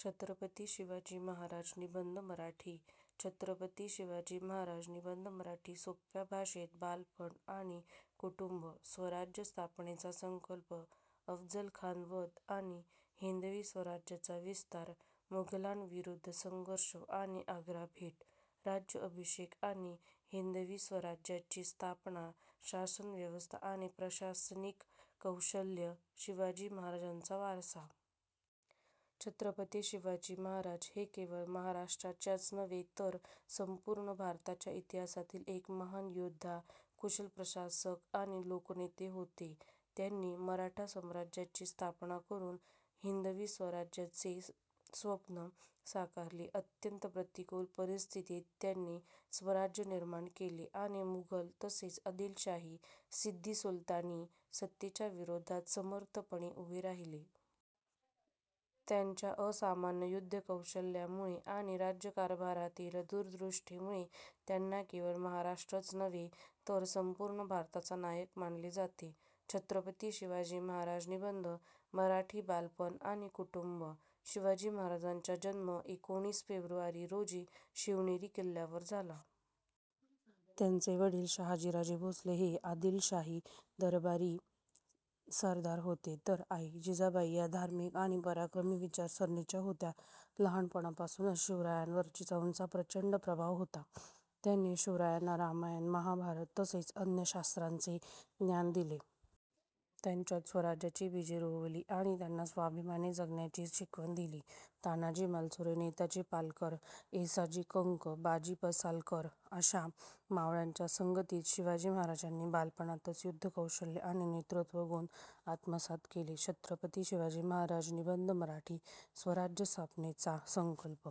छत्रपती शिवाजी महाराज निबंध मराठी, छत्रपती शिवाजी महाराज निबंध मराठी सोप्या शब्दात, बालपण आणि कुटुंब, स्वराज्य स्थापनेचा संकल्प, अफजलखान वध आणि हिंदवी स्वराज्याचा विस्तार, मुघलांविरुद्ध संघर्ष आणि आग्रा भेट, राज्याभिषेक आणि हिंदवी स्वराज्याची स्थापना, शासनव्यवस्था आणि प्रशासनिक कौशल्य, शिवाजी महाराजांचा वारसा. छत्रपती शिवाजी महाराज हे केवळ महाराष्ट्राच्याच नव्हे तर संपूर्ण भारताच्या इतिहासातील एक महान योद्धा, कुशल प्रशासक आणि लोकनेते होते. त्यांनी मराठा साम्राज्याची स्थापना करून हिंदवी स्वराज्याचे स्वप्न साकारले. अत्यंत प्रतिकूल परिस्थितीत त्यांनी स्वराज्य निर्माण केले आणि मुघल तसेच आदिलशाही, सिद्दी, सुलतानी सत्तांच्या विरोधात समर्थपणे उभे राहिले. त्यांच्या असामान्य युद्धकौशल्यामुळे आणि राज्यकारभारातील दूरदृष्टीमुळे त्यांना केवळ महाराष्ट्रच नव्हे तर संपूर्ण भारताचा नायक मानले जाते. छत्रपती शिवाजी महाराज निबंध मराठी बालपण आणि कुटुंब. शिवाजी महाराजांचा जन्म एकोणीस फेब्रुवारी रोजी शिवनेरी किल्ल्यावर झाला. त्यांचे वडील शाहजीराजे भोसले हे आदिलशाही दरबारी सरदार होते, तर आई जिजाबाई या धार्मिक आणि पराक्रमी विचारसरणीच्या होत्या. लहानपणापासूनच शिवरायांवर जिजाऊंचा प्रचंड प्रभाव होता. त्यांनी शिवरायांना रामायण, महाभारत तसेच अन्य शास्त्रांचे ज्ञान दिले. त्यांच्यात स्वराज्याची बीजे रोवली आणि त्यांना स्वाभिमानाने जगण्याची शिकवण दिली. तानाजी मालुसरे, नेताजी पालकर, येसाजी कंक, बाजी पासलकर अशा मावळ्यांच्या संगतीत शिवाजी महाराजांनी बालपणातच युद्धकौशल्य आणि नेतृत्वगुण आत्मसात केले. छत्रपती शिवाजी महाराज निबंध मराठी स्वराज्य स्थापनेचा संकल्प.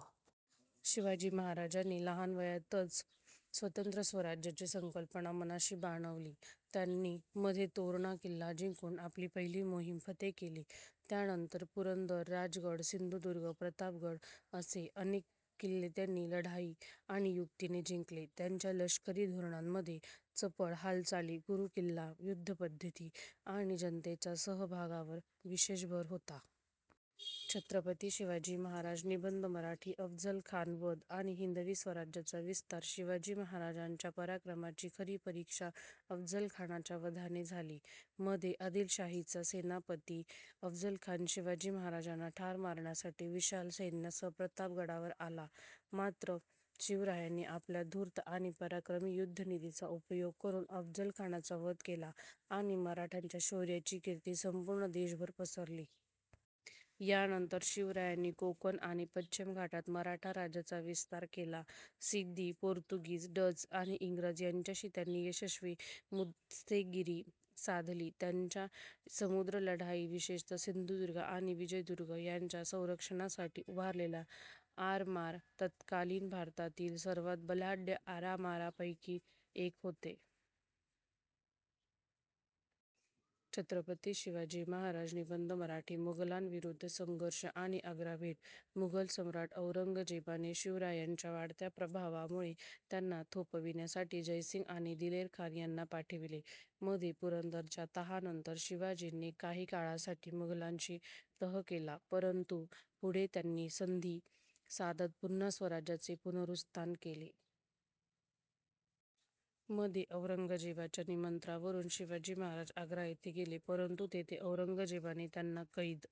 शिवाजी महाराजांनी लहान वयातच स्वतंत्र स्वराज्याची संकल्पना मनाशी बाणवली. त्यांनी मध्ये तोरणा किल्ला जिंकून आपली पहिली मोहिम फत्ते केली. त्यानंतर पुरंदर, राजगड, सिंधुदुर्ग, प्रतापगड असे अनेक किल्ले त्यांनी लढाई आणि युक्तीने जिंकले. त्यांच्या लष्करी धोरणांमध्ये चपळ हालचाली, गुरिल्ला युद्धपद्धती आणि जनतेच्या सहभागावर विशेष भर होता. छत्रपती शिवाजी महाराज निबंध मराठी अफजलखान वध आणि हिंदवी स्वराज्याचा विस्तार. शिवाजी महाराजांच्या पराक्रमाची खरी परीक्षा अफजलखानाच्या वधाने झाली. मध्ये आदिलशाहीचा सेनापती अफजलखान शिवाजी महाराजांना ठार मारण्यासाठी विशाल सैन्यासह प्रतापगडावर आला. मात्र, शिवरायांनी आपल्या धूर्त आणि पराक्रमी युद्धनीतीचा उपयोग करून अफजलखानाचा वध केला आणि मराठ्यांच्या शौर्याची कीर्ती संपूर्ण देशभर पसरली. यानंतर शिवरायांनी कोकण आणि पश्चिम घाटात मराठा राज्याचा विस्तार केला. सिद्धी, पोर्तुगीज, डच आणि इंग्रज यांच्याशी त्यांनी यशस्वी मुत्सद्देगिरी साधली. त्यांच्या समुद्री लढाया विशेषतः सिंधुदुर्ग आणि विजयदुर्ग यांच्या संरक्षणासाठी उभारलेले आरमार तत्कालीन भारतातील सर्वांत बलाढ्य आरमारांपैकी एक होते. छत्रपती शिवाजी महाराज निबंध मराठी मुघलांविरुद्ध संघर्ष आणि आग्रा भेट. मुघल सम्राट औरंगजेबाने शिवरायांच्या वाढत्या प्रभावामुळे त्यांना थोपवण्यासाठी जयसिंग आणि दिलेरखान यांना पाठवले. मध्ये पुरंदरच्या तहानंतर शिवाजींनी काही काळासाठी मुघलांशी तह केला, परंतु पुढे त्यांनी संधी साधत पुन्हा स्वराज्याचे पुनरुत्थान केले. मध्ये औरंगजेबाच्या निमंत्रणावरून शिवाजी महाराज आग्रा येथे गेले. परंतु तिथे औरंगजेबाने त्यांना कैद